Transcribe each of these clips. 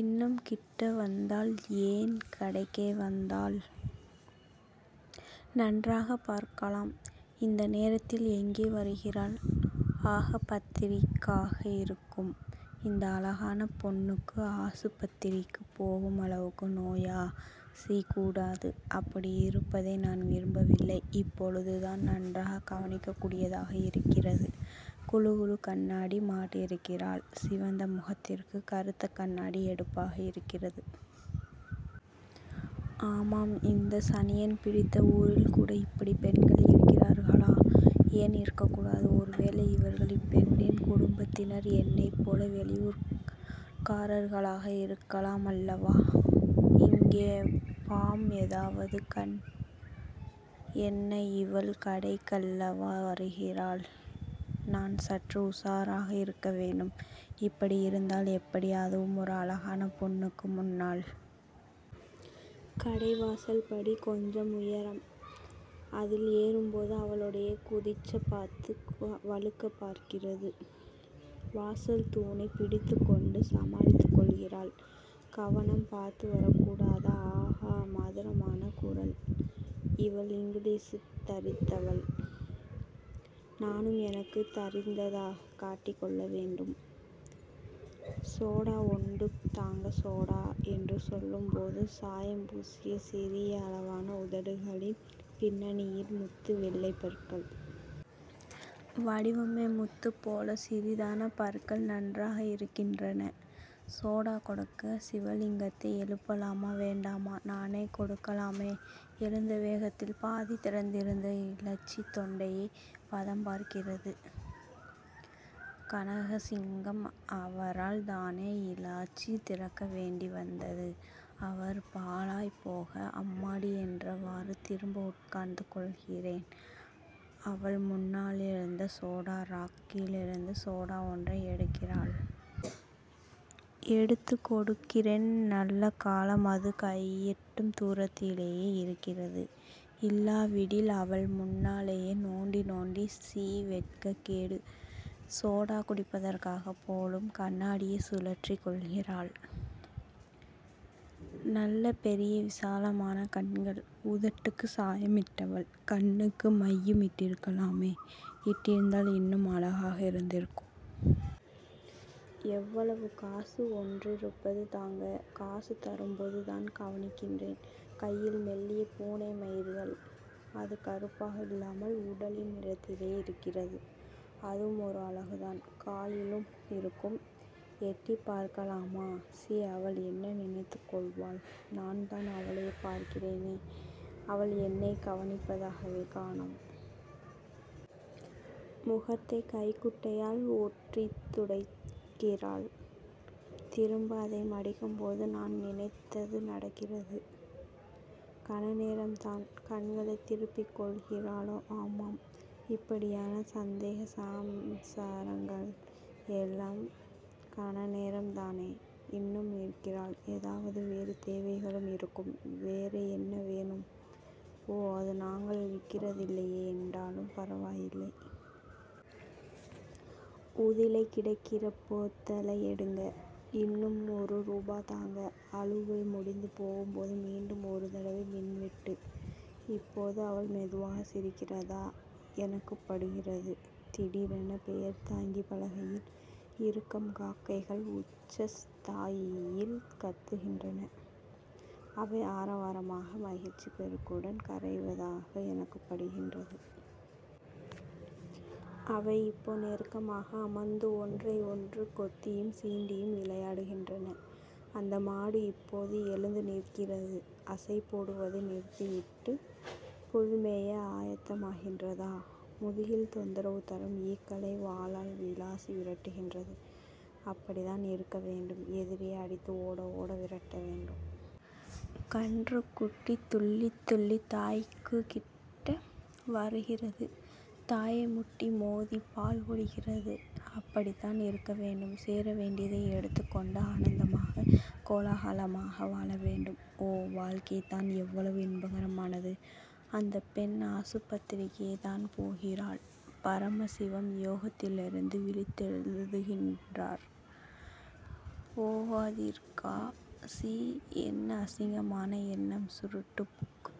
இன்னும் கிட்டவந்தால் ஏன் கடைக்கே வந்தால்? நான்றாகப் பார்க்கலாம். இந்த நேரத்தில் எங்கே வருகிறாள்? ஆகப்பத்திரிக்காக இருக்கும். இந்த அழகான பெண்ணுக்கு ஆசுப்பத்திரி க்குப் போகுமளவுக்கு நோயா? சீ கூடாது. அப்படியிருப்பதை நான் விரும்பவில்லை. இப்பொழுதுதான் நன்றாகக் கவனிக்கக்கூடியதாக இருக்கிறது. குழுகுழு கண்ணாடி மாட்டியிருக்கிறாள். சிவந்த முகத்திற்கு கறுத்தக் கண்ணாடி எடுப்பாக இருக்கிறது. ஆமாம் இந்தச் சனியன் பிடித்த ஊரில்கூட இப்படிப் பெண்கள் இருக்கிறார்களா? ஏன் இருக்கக் கூடாது? ஒருவேளை இவர்கள் இப்பெண்ணின் குடும்பத்தினர் என்னைப்போல வெளியூர்க்காரர்களாக இருக்கலாமல்லவா? இங்கே பாம் எதாவது என்ன இவள் கடைக்கல்லவா வருகிறாள்? நான் சற்று உஷாராக இருக்கவேண்டும். இப்படி இருந்தால் எப்படி? அதுவும் ஒரு அழகான பெண்ணுக்கு முன்னால். கடைவாசல்படி கொஞ்சம் உயரம். அதில் ஏறும்போது அவளுடைய குதிச்சப்பாத்து வழுக்கப் பார்க்கிறது. வாசல் தூணைப் பிடித்துக்கொண்டு சமாளித்துக் கொள்கிறாள் கவனம் பாத்துவரக்கூடாதா ஆகா மதுரமான குரல் இவள் இங்கிலீசு தரிந்தவள். நானும் எனக்குத் தரிந்ததாகக் காட்டிக்கொள்ளவேண்டும். சோடா ஒண்டு தாங்க சோடா என்று சொல்லும்போது சாயம்பூசிய சிறிய அளவான உதடுகளின் பின்னணியில் முத்து வெள்ளைப் பற்கள்... வடிவமே முத்துப்போலச் சிறிதான பற்கள். நன்றாக இருக்கின்றன. சோடா கொடுக்க சிவலிங்கத்தை எழுப்பலாமா? வேண்டாம் நானே கொடுக்கலாமே! எழுந்த வேகத்தில் பாதி திறந்திருந்த இலாச்சி தொடையைப் பதம்பார்க்கிறது. கனகசிங்கம்... அவரால்தானே இலாச்சி திறக்கவேண்டி வந்தது அவர் பாழாய்ப்போக...அம்மாடி என்றவாறு திரும்ப உட்கார்ந்து கொள்கிறேன். அவள் முன்னாலிருந்த சோடா ராக் கிலிருந்து சோடா ஒன்றை எடுக்கிறாள். எடுத்துக் கொடுக்கிறேன். நல்லகாலம் அது கையெட்டும் தூரத்திலேயே இருக்கிறது. இல்லாவிடில் அவள் முன்னாலேயே நொண்டி நொண்டி சீ வெட்கக்கேடு. சோடா குடிப்பதற்காகப் போலும், கண்ணாடியைக் கழற்றிக் கொள்கிறாள். நல்ல பெரிய விசாலமான கண்கள். உதட்டுக்குச் சாயமிட்டவள் கண்ணுக்கு மையும் இட்டிருக்கலாமே இட்டிருந்தால் இன்னும் அழகாக இருந்திருக்கும். எவ்வளவு காசு.ஒண்டிருபது தாங்க... காசு தரும்போது தான் கவனிக்கிறேன். கையில் மெல்லிய பூனை மயிர்கள். அது கறுப்பாக இல்லாமல் உடலின் நிறத்திலேயே இருக்கிறது. அதுவும் ஒரு அழகுதான்.... காலிலும் இருக்கும், எட்டிப்பார்க்கலாமா? சீ அவள் என்ன நினைத்துக் கொள்வாள்...? நான்தான் அவளையே பார்க்கிறேனே அவள் என்னைக் கவனிப்பதாகவே காணோம்... முகத்தைக் கைக்குட்டையால் ஒற்றித்துடைக்கிறாள். திரும்ப அதை மடிக்கும்போது... நான் நினைத்து நடக்கிறது. கணநேரம் தான். கண்களைத் திரும்பிக்கொள்கிறாளே ஆமாம், இப்படியான சந்தோச சமாச்சாரங்கள் எல்லாம் கணநேரம் தானோ? இன்னும் நிற்கிறாள். ஏதாவது வேறு தேவைகளும் இருக்கும்...வேறை என்ன வேணும்? ஓ அது நாங்கள் விக்கிறதில்லையே எண்டாலும் பரவாயில்லை.. உதிலை கிடக்கிற போத்தலை எடுங்க. இன்னும் ஒரு ரூபா தாங்க அலுவல் முடிந்து போகும்போது மீண்டும் ஒரு தடவை மின்வெட்டு இப்போது அவள் மெதுவாக சிரிக்கிறதா எனக்குப்படுகிறது. திடீரென பெயர்தாங்கிப் பலகையில் இருக்கம் காக்கைகள் உச்சஸ் தாயியில் கத்துகின்றன. அவை ஆரவாரமாக.... மகிழ்ச்சிப்பெருக்குடன் கரைவதாக எனக்குப் படுகின்றது. அவை இப்போ நெருக்கமாக அமர்ந்து ஒன்றைஒன்று கொத்தியும் சீண்டியும் விளையாடுகின்றன. அந்த மாடு இப்போது எழுந்து நிற்கிறது. அசைபோடுவதை நிறுத்திவிட்டது. புல்மேய ஆயத்தமாகின்றதா?... முதுகில் தொந்தரவு தரும் ஈக்களை வாலால் விளாசி விரட்டுகின்றது. அப்படித் தான் இருக்கவேண்டும் எதிரியை அடித்து ஓட.... ஓட விரட்ட வேண்டும். கன்றுக்குட்டி துள்ளித் துள்ளி தாய்க்குக்கிட்ட வருகிறது. தாயைமுட்டி மோதிப் பால் குடிக்கிறது. அப்படித்தான் இருக்கவேண்டும். சேரவேண்டியதை எடுத்துக்கொண்டு ஆனந்தமாக... கோலாகலமாக வாழவேண்டும். ஓ! வாழ்க்கைதான் எவ்வளவு இன்பகரமானது.. அந்தப்பெண் ஆசுப்பத்திரிக்கேதான் போகிறாள். பரமசிவம் யோகத்திலிருந்து விழித்தெழுகின்றார். போகத்திற்கா? சி. என்ன அசிங்கமான எண்ணம்... சுருட்டு புக்..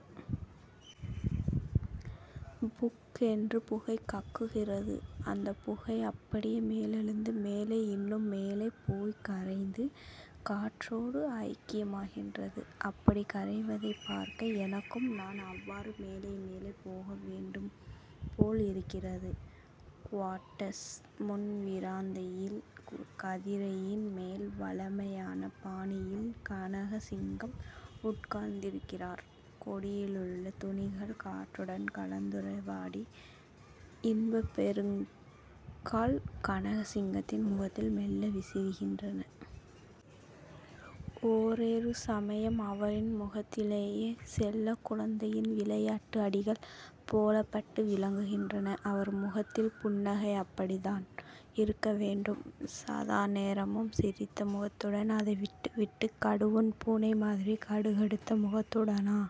புக்... என்று புகை கக்குகிறது. அந்தப்புகை அப்படியே மேலெழுந்து. மேலே... இன்னும் மேலே போய்க்கரைந்து காற்றோடு ஐக்கியமாகின்றது. அப்படிக் கரைவதைப்பார்க்க, எனக்கும் நான் அவ்வாறு மேலே மேலே போக வேண்டும் போல் இருக்கிறது. குவாட்டஸ் முன்விறாந்தையில் கதிரையின் மேல் வழமையான பாணியில் கனகசிங்கம் உட்கார்ந்திருக்கிறார். கொடியிலுள்ள துணிகள் காற்றுடன் கலந்துறவாடி இன்பப் பெருக்கால் கனகசிங்கத்தின் முகத்தில் மெல்ல விசிறுகின்றன. ஓரொரு சமயம் அவரின் முகத்திலேயே செல்லக்குழந்தையின் விளையாட்டு அடிகள் போலப்பட்டு விலகுகின்றன. அவர் முகத்தில் புன்னகை. அப்படித்தான் இருக்கவேண்டும்.... சதாநேரமும் சிரித்த முகத்துடன் அதைவிட்டு விட்டு கடுவன் பூனைமாதிரி கடுகடுத்த முகத்துடனா?